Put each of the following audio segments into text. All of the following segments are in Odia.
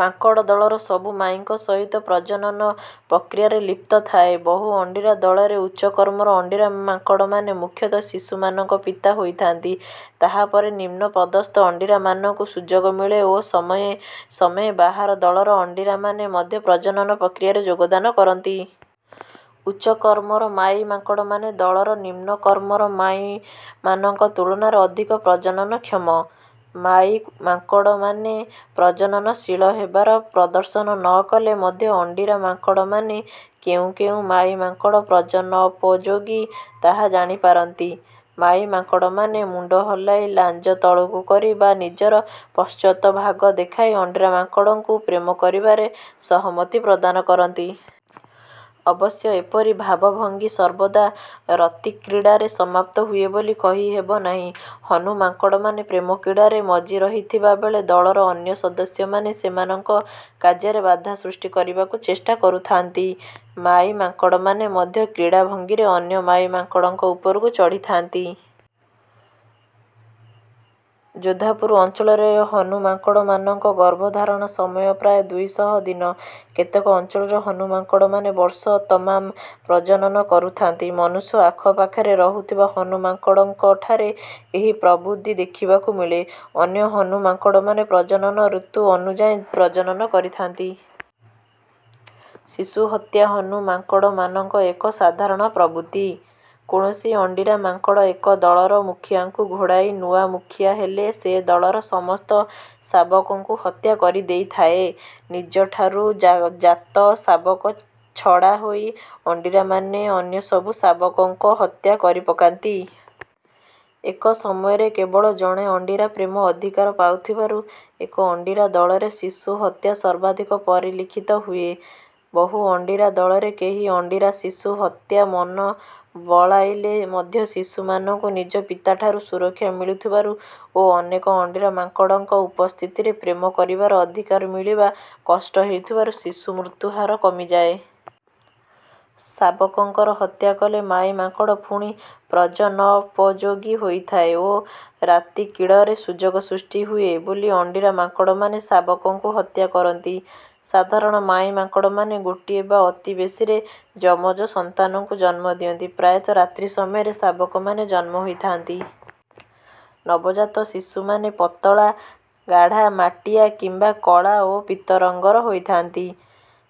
ମାଙ୍କଡ଼ ଦଳର ସବୁ ମାଈଙ୍କ ସହିତ ପ୍ରଜନନ ପ୍ରକ୍ରିୟାରେ ଲିପ୍ତ ଥାଏ। ବହୁ-ଅଣ୍ଡିରା ଦଳରେ ଉଚ୍ଚ-କ୍ରମର ଅଣ୍ଡିରା ମାଙ୍କଡ଼ମାନେ ମୁଖ୍ୟତଃ ଶିଶୁମାନଙ୍କ ପିତା ହୋଇଥାନ୍ତି, ତାହା ପରେ ନିମ୍ନ ପଦସ୍ଥ ଅଣ୍ଡିରାମାନଙ୍କୁ ସୁଯୋଗ ମିଳେ ଓ ସମୟେ ସମୟେ ବାହାର ଦଳର ଅଣ୍ଡିରାମାନେ ମଧ୍ୟ ପ୍ରଜନନ ପ୍ରକ୍ରିୟାରେ ଯୋଗଦାନ କରନ୍ତି। ଉଚ୍ଚ-କ୍ରମର ମାଈ ମାଙ୍କଡ଼ମାନେ ଦଳର ନିମ୍ନ-କ୍ରମର ମାଈମାନଙ୍କ ତୁଳନାରେ ଅଧିକ ପ୍ରଜନନକ୍ଷମ। ମାଈ ମାଙ୍କଡ଼ମାନେ ପ୍ରଜନନଶୀଳ ହେବାର ପ୍ରଦର୍ଶନ ନ କଲେ ମଧ୍ୟ ଅଣ୍ଡିରା ମାଙ୍କଡ଼ମାନେ କେଉଁ କେଉଁ ମାଈ ମାଙ୍କଡ଼ ପ୍ରଜନନୋପଯୋଗୀ ତାହା ଜାଣିପାରନ୍ତି। ମାଈ ମାଙ୍କଡ଼ମାନେ ମୁଣ୍ଡ ହଲାଇ, ଲାଞ୍ଜ ତଳକୁ କରି ବା ନିଜର ପଶ୍ଚାତ ଭାଗ ଦେଖାଇ ଅଣ୍ଡିରା ମାଙ୍କଡ଼କୁ ପ୍ରେମ କରିବାର ସହମତି ପ୍ରଦାନ କରନ୍ତି। ଅବଶ୍ୟ ଏପରି ଭାବଭଙ୍ଗୀ ସର୍ବଦା ରତିକ୍ରୀଡ଼ାରେ ସମାପ୍ତ ହୁଏ ବୋଲି କହିହେବ ନାହିଁ। ହନୁ ମାଙ୍କଡ଼ମାନେ ପ୍ରେମକ୍ରୀଡ଼ାରେ ମଜ୍ଜି ରହିଥିବା ବେଳେ ଦଳର ଅନ୍ୟ ସଦସ୍ୟମାନେ ସେମାନଙ୍କ କାର୍ଯ୍ୟରେ ବାଧା ସୃଷ୍ଟି କରିବାକୁ ଚେଷ୍ଟା କରୁଥାନ୍ତି। ମାଈ ମାଙ୍କଡ଼ମାନେ ମଧ୍ୟ କ୍ରୀଡ଼ାଭଙ୍ଗୀରେ ଅନ୍ୟ ମାଈ ମାଙ୍କଡ଼ ଉପରକୁ ଚଢ଼ିଥାନ୍ତି। ଯୋଧପୁର ଅଞ୍ଚଳରେ ହନୁ ମାଙ୍କଡ଼ମାନଙ୍କ ଗର୍ଭଧାରଣ ସମୟ ପ୍ରାୟ ଦୁଇ ଶହ ଦିନ। କେତେକ ଅଞ୍ଚଳରେ ହନୁ ମାଙ୍କଡ଼ମାନେ ବର୍ଷ ତମାମ ପ୍ରଜନନ କରୁଥାନ୍ତି। ମନୁଷ୍ୟ ଆଖପାଖରେ ରହୁଥିବା ହନୁ ମାଙ୍କଡ଼ଙ୍କଠାରେ ଏହି ପ୍ରବୃତ୍ତି ଦେଖିବାକୁ ମିଳେ। ଅନ୍ୟ ହନୁ ମାଙ୍କଡ଼ମାନେ ପ୍ରଜନନ ଋତୁ ଅନୁଯାୟୀ ପ୍ରଜନନ କରିଥାନ୍ତି। ଶିଶୁ ହତ୍ୟା ହନୁ ମାଙ୍କଡ଼ମାନଙ୍କ ଏକ ସାଧାରଣ ପ୍ରବୃତ୍ତି। କୌଣସି ଅଣ୍ଡିରା ମାଙ୍କଡ଼ ଏକ ଦଳର ମୁଖିଆକୁ ଘଉଡ଼ାଇ ନୂଆ ମୁଖିଆ ହେଲେ ସେ ଦଳର ସମସ୍ତ ଶାବକଙ୍କୁ ହତ୍ୟା କରିଦେଇଥାଏ। ନିଜଠାରୁ ଜାତ ଶାବକ ଛଡ଼ା ଏହି ଅଣ୍ଡିରାମାନେ ଅନ୍ୟ ସବୁ ଶାବକଙ୍କ ହତ୍ୟା କରିପକାନ୍ତି। ଏକ ସମୟରେ କେବଳ ଜଣେ ଅଣ୍ଡିରା ପ୍ରେମ ଅଧିକାର ପାଉଥିବାରୁ ଏକ-ଅଣ୍ଡିରା ଦଳରେ ଶିଶୁ ହତ୍ୟା ସର୍ବାଧିକ ପରିଲକ୍ଷିତ ହୁଏ। ବହୁ-ଅଣ୍ଡିରା ଦଳରେ କେହି ଅଣ୍ଡିରା ଶିଶୁ ହତ୍ୟାର ମନ ବଳାଇଲେ ମଧ୍ୟ ଶିଶୁମାନଙ୍କୁ ନିଜ ପିତାଠାରୁ ସୁରକ୍ଷା ମିଳୁଥିବାରୁ ଓ ଅନେକ ଅଣ୍ଡିରା ମାଙ୍କଡ଼ଙ୍କ ଉପସ୍ଥିତିରେ ପ୍ରେମ କରିବାର ଅଧିକାର ମିଳିବା କଷ୍ଟ ହୋଇଥିବାରୁ ଶିଶୁ ମୃତ୍ୟୁ ହାର କମିଯାଏ। ଶାବକର ହତ୍ୟା କଲେ ମାଈ ମାଙ୍କଡ଼ ପୁଣି ପ୍ରଜନନୋପଯୋଗୀ ହୋଇଥାଏ ଓ ରତିକ୍ରୀଡ଼ାର ସୁଯୋଗ ସୃଷ୍ଟି ହୁଏ ବୋଲି ଅଣ୍ଡିରା ମାଙ୍କଡ଼ମାନେ ଶାବକଙ୍କୁ ହତ୍ୟା କରନ୍ତି। ସାଧାରଣତଃ ମାଈ ମାଙ୍କଡ଼ମାନେ ଗୋଟିଏ ବା ଅତି ବେଶୀରେ ଯମଜ ସନ୍ତାନଙ୍କୁ ଜନ୍ମ ଦିଅନ୍ତି। ପ୍ରାୟତଃ ରାତ୍ରି ସମୟରେ ଶାବକମାନେ ଜନ୍ମ ହୋଇଥାନ୍ତି। ନବଜାତ ଶିଶୁମାନେ ପତଳା, ଗାଢ଼ ମାଟିଆ କିମ୍ବା କଳା ଓ ପୀତ ରଙ୍ଗର ହୋଇଥାନ୍ତି।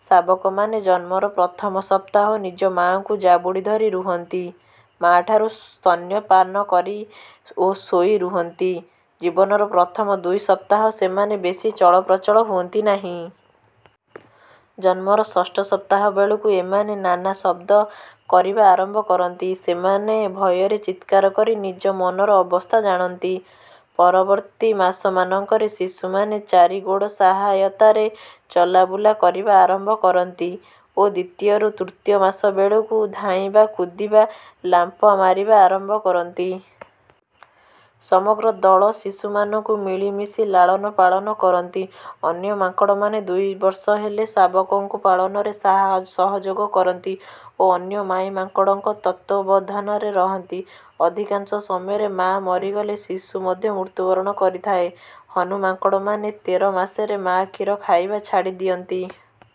ଶାବକମାନେ ଜନ୍ମର ପ୍ରଥମ ସପ୍ତାହ ନିଜ ମା'କୁ ଜାବୁଡ଼ି ଧରି ରୁହନ୍ତି, ମା'ଠାରୁ ସ୍ତନ୍ୟପାନ କରନ୍ତି ଓ ଶୋଇ ରୁହନ୍ତି। ଜୀବନର ପ୍ରଥମ ଦୁଇ ସପ୍ତାହ ସେମାନେ ବେଶୀ ଚଳପ୍ରଚଳ ହୁଅନ୍ତି ନାହିଁ। ଜନ୍ମର ଷଷ୍ଠ ସପ୍ତାହ ବେଳକୁ ଏମାନେ ନାନା ଶବ୍ଦ କରିବା ଆରମ୍ଭ କରନ୍ତି। ସେମାନେ ଭୟରେ ଚିତ୍କାର କରି ନିଜ ମନର ଅବସ୍ଥା ଜଣାନ୍ତି। ପରବର୍ତ୍ତୀ ମାସମାନଙ୍କରେ ଶିଶୁମାନେ ଚାରି ଗୋଡ଼ ସହାୟତାରେ ଚଲାବୁଲା କରିବା ଆରମ୍ଭ କରନ୍ତି ଓ ଦ୍ୱିତୀୟ ରୁ ତୃତୀୟ ମାସ ବେଳକୁ ଧାଇଁବା, କୁଦିବା, ଲମ୍ଫ ମାରିବା ଆରମ୍ଭ କରନ୍ତି। ସମଗ୍ର ଦଳ ଶିଶୁମାନଙ୍କୁ ମିଳିମିଶି ଲାଳନପାଳନ କରନ୍ତି, ଅନ୍ୟ ମାଙ୍କଡ଼ମାନେ ଦୁଇ ବର୍ଷ ହେଲେ ଶାବକଙ୍କୁ ପାଳନରେ ସହଯୋଗ କରନ୍ତି ଓ ଅନ୍ୟ ମାଈ ମାଙ୍କଡ଼ଙ୍କ ତତ୍ତ୍ୱାବଧାନରେ ରୁହନ୍ତି। ଅଧିକାଂଶ ସମୟରେ ମା' ମରିଗଲେ ଶିଶୁ ମଧ୍ୟ ମୃତ୍ୟୁବରଣ କରିଥାଏ। ହନୁ ମାଙ୍କଡ଼ମାନେ ତେର ମାସରେ ମା' କ୍ଷୀର ଖାଇବା ଛାଡ଼ି ଦିଅନ୍ତି।